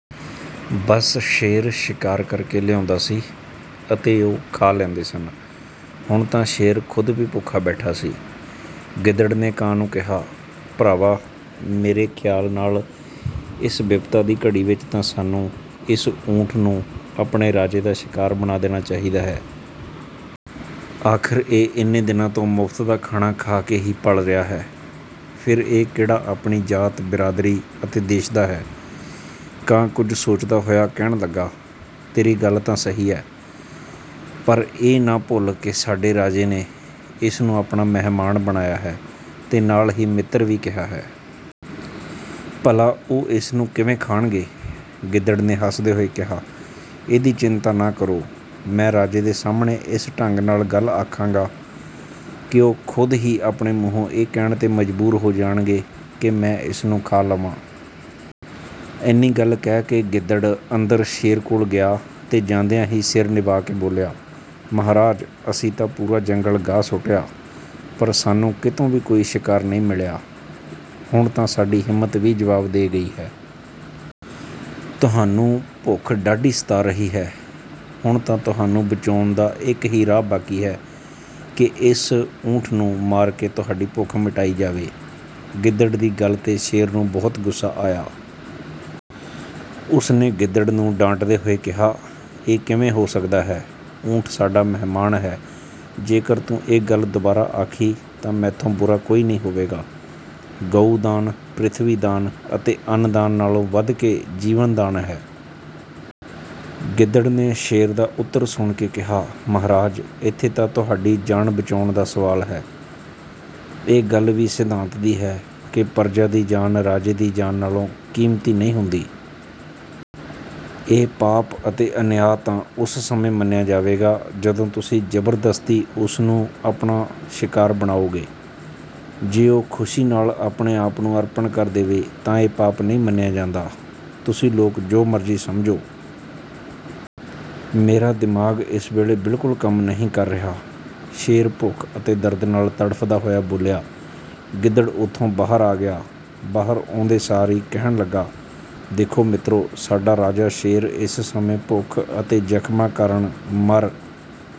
ਬੱਸ ਸ਼ੇਰ ਸ਼ਿਕਾਰ ਕਰ ਕੇ ਲਿਆਉਂਦਾ ਸੀ ਅਤੇ ਉਹ ਖਾ ਲੈਂਦੇ ਸਨ। ਹੁਣ ਤਾਂ ਸ਼ੇਰ ਖ਼ੁਦ ਵੀ ਭੁੱਖਾ ਬੈਠਾ ਸੀ। ਗਿੱਦੜ ਨੇ ਕਾਂ ਨੂੰ ਕਿਹਾ, ''ਭਰਾਵਾ, ਮੇਰੇ ਖਿਆਲ ਨਾਲ ਇਸ ਬਿਪਤਾ ਦੀ ਘੜੀ ਵਿੱਚ ਤਾਂ ਸਾਨੂੰ ਇਸ ਊਠ ਨੂੰ ਆਪਣੇ ਰਾਜੇ ਦਾ ਸ਼ਿਕਾਰ ਬਣਾ ਦੇਣਾ ਚਾਹੀਦਾ ਹੈ। ਆਖ਼ਰ ਇਹ ਇੰਨੇ ਦਿਨਾਂ ਤੋਂ ਮੁਫ਼ਤ ਦਾ ਖਾਣਾ ਖਾ ਕੇ ਹੀ ਪਲ ਰਿਹਾ ਹੈ। ਫਿਰ ਇਹ ਕਿਹੜਾ ਆਪਣੀ ਜਾਤ, ਬਿਰਾਦਰੀ ਅਤੇ ਦੇਸ਼ ਦਾ ਹੈ।'' ਕਾਂ ਕੁਝ ਸੋਚਦਾ ਹੋਇਆ ਕਹਿਣ ਲੱਗਾ, ''ਤੇਰੀ ਗੱਲ ਤਾਂ ਸਹੀ ਹੈ, ਪਰ ਇਹ ਨਾ ਭੁੱਲ ਕਿ ਸਾਡੇ ਰਾਜੇ ਨੇ ਇਸ ਨੂੰ ਆਪਣਾ ਮਹਿਮਾਨ ਬਣਾਇਆ ਹੈ ਅਤੇ ਨਾਲ ਹੀ ਮਿੱਤਰ ਵੀ ਕਿਹਾ ਹੈ। ਭਲਾ, ਉਹ ਇਸ ਨੂੰ ਕਿਵੇਂ ਖਾਣਗੇ?'' ਗਿੱਦੜ ਨੇ ਹੱਸਦੇ ਹੋਏ ਕਿਹਾ, ''ਇਹਦੀ ਚਿੰਤਾ ਨਾ ਕਰੋ। ਮੈਂ ਰਾਜੇ ਦੇ ਸਾਹਮਣੇ ਇਸ ਢੰਗ ਨਾਲ ਗੱਲ ਆਖਾਂਗਾ ਕਿ ਉਹ ਖ਼ੁਦ ਹੀ ਆਪਣੇ ਮੂੰਹੋਂ ਇਹ ਕਹਿਣ 'ਤੇ ਮਜਬੂਰ ਹੋ ਜਾਣਗੇ ਕਿ ਮੈਂ ਇਸ ਨੂੰ ਖਾ ਲਵਾਂ।'' ਇੰਨੀ ਗੱਲ ਕਹਿ ਕੇ ਗਿੱਦੜ ਅੰਦਰ ਸ਼ੇਰ ਕੋਲ ਗਿਆ ਅਤੇ ਜਾਂਦਿਆਂ ਹੀ ਸਿਰ ਨਿਵਾ ਕੇ ਬੋਲਿਆ, ''ਮਹਾਰਾਜ, ਅਸੀਂ ਤਾਂ ਪੂਰਾ ਜੰਗਲ ਗਾਹ ਸੁੱਟਿਆ, ਪਰ ਸਾਨੂੰ ਕਿਤੋਂ ਵੀ ਕੋਈ ਸ਼ਿਕਾਰ ਨਹੀਂ ਮਿਲਿਆ। ਹੁਣ ਤਾਂ ਸਾਡੀ ਹਿੰਮਤ ਵੀ ਜਵਾਬ ਦੇ ਗਈ ਹੈ। ਤੁਹਾਨੂੰ ਭੁੱਖ ਡਾਢੀ ਸਤਾ ਰਹੀ ਹੈ। ਹੁਣ ਤਾਂ ਤੁਹਾਨੂੰ ਬਚਾਉਣ ਦਾ ਇੱਕ ਹੀ ਰਾਹ ਬਾਕੀ ਹੈ ਕਿ ਇਸ ਊਠ ਨੂੰ ਮਾਰ ਕੇ ਤੁਹਾਡੀ ਭੁੱਖ ਮਿਟਾਈ ਜਾਵੇ।'' ਗਿੱਦੜ ਦੀ ਗੱਲ 'ਤੇ ਸ਼ੇਰ ਨੂੰ ਬਹੁਤ ਗੁੱਸਾ ਆਇਆ। ਉਸ ਨੇ ਗਿੱਦੜ ਨੂੰ ਡਾਂਟਦੇ ਹੋਏ ਕਿਹਾ, ''ਇਹ ਕਿਵੇਂ ਹੋ ਸਕਦਾ ਹੈ? ਊਠ ਸਾਡਾ ਮਹਿਮਾਨ ਹੈ। ਜੇਕਰ ਤੂੰ ਇਹ ਗੱਲ ਦੁਬਾਰਾ ਆਖੀ ਤਾਂ ਮੈਥੋਂ ਬੁਰਾ ਕੋਈ ਨਹੀਂ ਹੋਵੇਗਾ। ਗਊ ਦਾਨ, ਪ੍ਰਿਥਵੀ ਦਾਨ ਅਤੇ ਅੰਨ ਦਾਨ ਨਾਲੋਂ ਵਧ ਕੇ ਜੀਵਨ ਦਾਨ ਹੈ।'' ਗਿੱਦੜ ਨੇ ਸ਼ੇਰ ਦਾ ਉੱਤਰ ਸੁਣ ਕੇ ਕਿਹਾ, ''ਮਹਾਰਾਜ, ਇੱਥੇ ਤਾਂ ਤੁਹਾਡੀ ਜਾਨ ਬਚਾਉਣ ਦਾ ਸਵਾਲ ਹੈ। ਇਹ ਗੱਲ ਵੀ ਸਿਧਾਂਤ ਦੀ ਹੈ ਕਿ ਪਰਜਾ ਦੀ ਜਾਨ ਰਾਜੇ ਦੀ ਜਾਨ ਨਾਲੋਂ ਕੀਮਤੀ ਨਹੀਂ ਹੁੰਦੀ। ਇਹ ਪਾਪ ਅਤੇ ਅਨਿਆਂ ਤਾਂ ਉਸ ਸਮੇਂ ਮੰਨਿਆ ਜਾਵੇਗਾ ਜਦੋਂ ਤੁਸੀਂ ਜ਼ਬਰਦਸਤੀ ਉਸ ਨੂੰ ਆਪਣਾ ਸ਼ਿਕਾਰ ਬਣਾਓਗੇ। ਜੇ ਉਹ ਖੁਸ਼ੀ ਨਾਲ ਆਪਣੇ-ਆਪ ਨੂੰ ਅਰਪਣ ਕਰ ਦੇਵੇ ਤਾਂ ਇਹ ਪਾਪ ਨਹੀਂ ਮੰਨਿਆ ਜਾਂਦਾ।''''ਤੁਸੀਂ ਲੋਕ ਜੋ ਮਰਜ਼ੀ ਸਮਝੋ। ਮੇਰਾ ਦਿਮਾਗ ਇਸ ਵੇਲੇ ਬਿਲਕੁਲ ਕੰਮ ਨਹੀਂ ਕਰ ਰਿਹਾ।'' ਸ਼ੇਰ ਭੁੱਖ ਅਤੇ ਦਰਦ ਨਾਲ ਤੜਫ਼ਦਾ ਹੋਇਆ ਬੋਲਿਆ। ਗਿੱਦੜ ਉੱਥੋਂ ਬਾਹਰ ਆ ਗਿਆ। ਬਾਹਰ ਆਉਂਦੇ ਸਾਰ ਹੀ ਕਹਿਣ ਲੱਗਿਆ, ''ਦੇਖੋ ਮਿੱਤਰੋ, ਸਾਡਾ ਰਾਜਾ ਸ਼ੇਰ ਇਸ ਸਮੇਂ ਭੁੱਖ ਅਤੇ ਜ਼ਖ਼ਮਾਂ ਕਾਰਨ ਮਰ